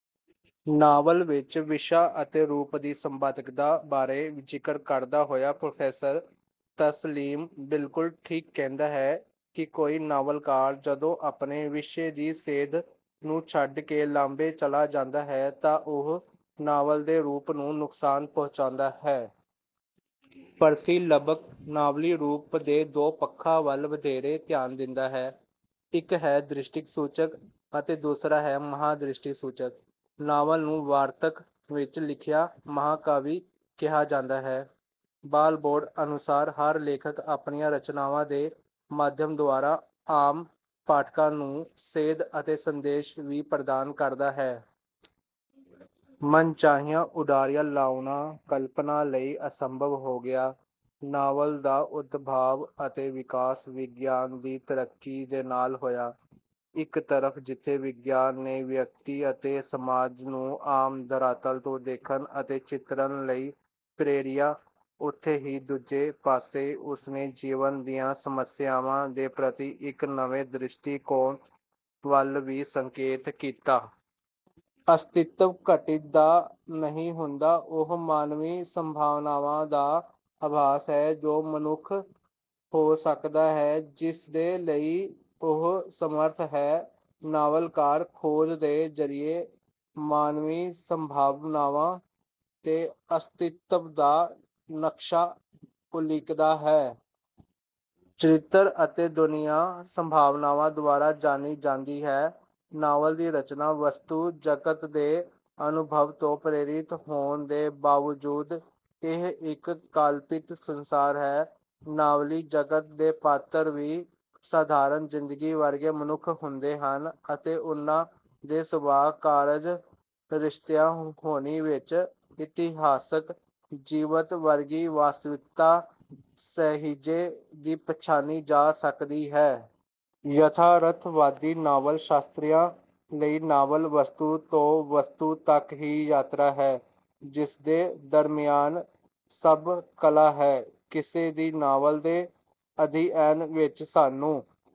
Novel ਵਿੱਚ ਵਿਸ਼ਾ ਅਤੇ ਰੂਪ ਦੀ ਸੰਬਾਦਕਤਾ ਬਾਰੇ ਜ਼ਿਕਰ ਕਰਦਾ ਹੋਇਆ ਪ੍ਰੋਫੈਸਰ ਤਸਲੀਮ ਬਿਲਕੁਲ ਠੀਕ ਕਹਿੰਦਾ ਹੈ ਕਿ ਕੋਈ ਨਾਵਲਕਾਰ ਜਦੋਂ ਆਪਣੇ ਵਿਸ਼ੇ ਦੀ ਸੇਧ ਨੂੰ ਛੱਡ ਕੇ ਲਾਂਭੇ ਚਲਾ ਜਾਂਦਾ ਹੈ ਤਾਂ ਉਹ ਨਾਵਲ ਦੇ ਰੂਪ ਨੂੰ ਨੁਕਸਾਨ ਪਹੁੰਚਦਾ ਹੈ। ਪਰਸੀ ਲੱਬਕ ਨਾਵਲੀ ਰੂਪ ਦੇ ਦੋ ਪੱਖਾਂ ਵੱਲ ਵਧੇਰੇ ਧਿਆਨ ਦਿੰਦਾ ਹੈ। ਇੱਕ ਹੈ ਦ੍ਰਿਸ਼ਸੂਚਕ ਅਤੇ ਦੂਸਰਾ ਹੈ ਮਹਾਂਦ੍ਰਿਸ਼ਸੂਚਕ। ਨਾਵਲ ਨੂੰ ਵਾਰਤਕ ਵਿੱਚ ਲਿਖਿਆ ਮਹਾਂਕਾਵਿ ਕਿਹਾ ਜਾਂਦਾ ਹੈ। ਬਾਰਬੋਲਡ ਅਨੁਸਾਰ ਹਰ ਲੇਖਕ ਆਪਣੀਆਂ ਰਚਨਾਵਾਂ ਦੇ ਮਾਧਿਅਮ ਦੁਆਰਾ ਆਮ ਪਾਠਕਾਂ ਨੂੰ ਸੇਧ ਅਤੇ ਸੰਦੇਸ਼ ਵੀ ਪ੍ਰਦਾਨ ਕਰਦਾ ਹੈ। ਮਨਚਾਹੀਆਂ ਉਡਾਰੀਆਂ ਲਾਉਣਾ ਕਲਪਨਾ ਲਈ ਅਸੰਭਵ ਹੋ ਗਿਆ। ਨਾਵਲ ਦਾ ਉਦਭਵ ਅਤੇ ਵਿਕਾਸ ਵਿਗਿਆਨ ਦੀ ਤਰੱਕੀ ਦੇ ਨਾਲ ਹੋਇਆ। ਇੱਕ ਤਰਫ ਜਿੱਥੇ ਵਿਗਿਆਨ ਨੇ ਵਿਅਕਤੀ ਅਤੇ ਸਮਾਜ ਨੂੰ ਆਮ ਧਰਾਤਲ ਤੋਂ ਦੇਖਣ ਅਤੇ ਚਿਤਰਣ ਲਈ ਪ੍ਰੇਰਿਆ ਉਥੇ ਹੀ ਦੂਜੇ ਪਾਸੇ ਉਸਨੇ ਜੀਵਨ ਦੀਆਂ ਸਮਸਿਆਵਾਂ ਦੇ ਪ੍ਰਤੀ ਇੱਕ ਨਵੇਂ ਦ੍ਰਿਸ਼ਟੀਕੋਣ ਵੱਲ ਵੀ ਸੰਕੇਤ ਕੀਤਾ। ਅਸਤੀਤਵ ਘਟਿਤ ਦਾ ਨਹੀਂ ਹੁੰਦਾ ਉਹ ਮਾਨਵੀ ਸੰਭਾਵਨਾਵਾਂ ਦਾ ਆਭਾਸ ਹੈ ਜੋ ਮਨੁੱਖ ਹੋ ਸਕਦਾ ਹੈ ਜਿਸਦੇ ਲਈ ਉਹ ਸਮਰੱਥ ਹੈ। ਨਾਵਲਕਾਰ ਖੋਜ ਦੇ ਜਰੀਏ ਮਾਨਵੀ ਸੰਭਾਵਨਾਵਾਂ ਦੇ ਅਸਤਿਤਵ ਦਾ ਨਕਸ਼ਾ ਉਲੀਕਦਾ ਹੈ। ਚਰਿੱਤਰ ਅਤੇ ਦੁਨੀਆਂ ਸੰਭਾਵਨਾਵਾਂ ਦੁਆਰਾ ਜਾਣੀ ਜਾਂਦੀ ਹੈ। ਨਾਵਲ ਦੀ ਰਚਨਾ ਵਸਤੂ ਜਗਤ ਦੇ ਅਨੁਭਵ ਤੋਂ ਪ੍ਰੇਰਿਤ ਹੋਣ ਦੇ ਬਾਵਜੂਦ ਇਹ ਇੱਕ ਕਾਲਪਿਤ ਸੰਸਾਰ ਹੈ। ਨਾਵਲੀ ਜਗਤ ਦੇ ਪਾਤਰ ਵੀ ਸਧਾਰਣ ਜਿੰਦਗੀ ਵਰਗੇ ਮਨੁੱਖ ਹੁੰਦੇ ਹਨ ਅਤੇ ਉਨ੍ਹਾਂ ਦੇ ਸੁਭਾਅ ਕਾਰਜ ਰਿਸ਼ਤਿਆਂ ਹੋਣੀ ਵਿੱਚ ਇਤਿਹਾਸਕ ਜੀਵਤ ਵਰਗੀ ਵਾਸਤਵਿਕਤਾ ਸਹਿਜੇ ਹੀ ਪਛਾਣੀ ਜਾ ਸਕਦੀ ਹੈ। ਯਥਾਰਥਵਾਦੀ ਨਾਵਲ ਸ਼ਾਸਤਰੀਆਂ ਲਈ ਨਾਵਲ ਵਸਤੂ ਤੋਂ ਵਸਤੂ ਤੱਕ ਹੀ ਯਾਤਰਾ ਹੈ ਜਿਸ ਦੇ ਦਰਮਿਆਨ ਸਭ ਕਲਾ ਹੈ। ਕਿਸੇ ਵੀ ਨਾਵਲ ਦੇ ਅਧਿਐਨ ਵਿੱਚ ਸਾਨੂੰ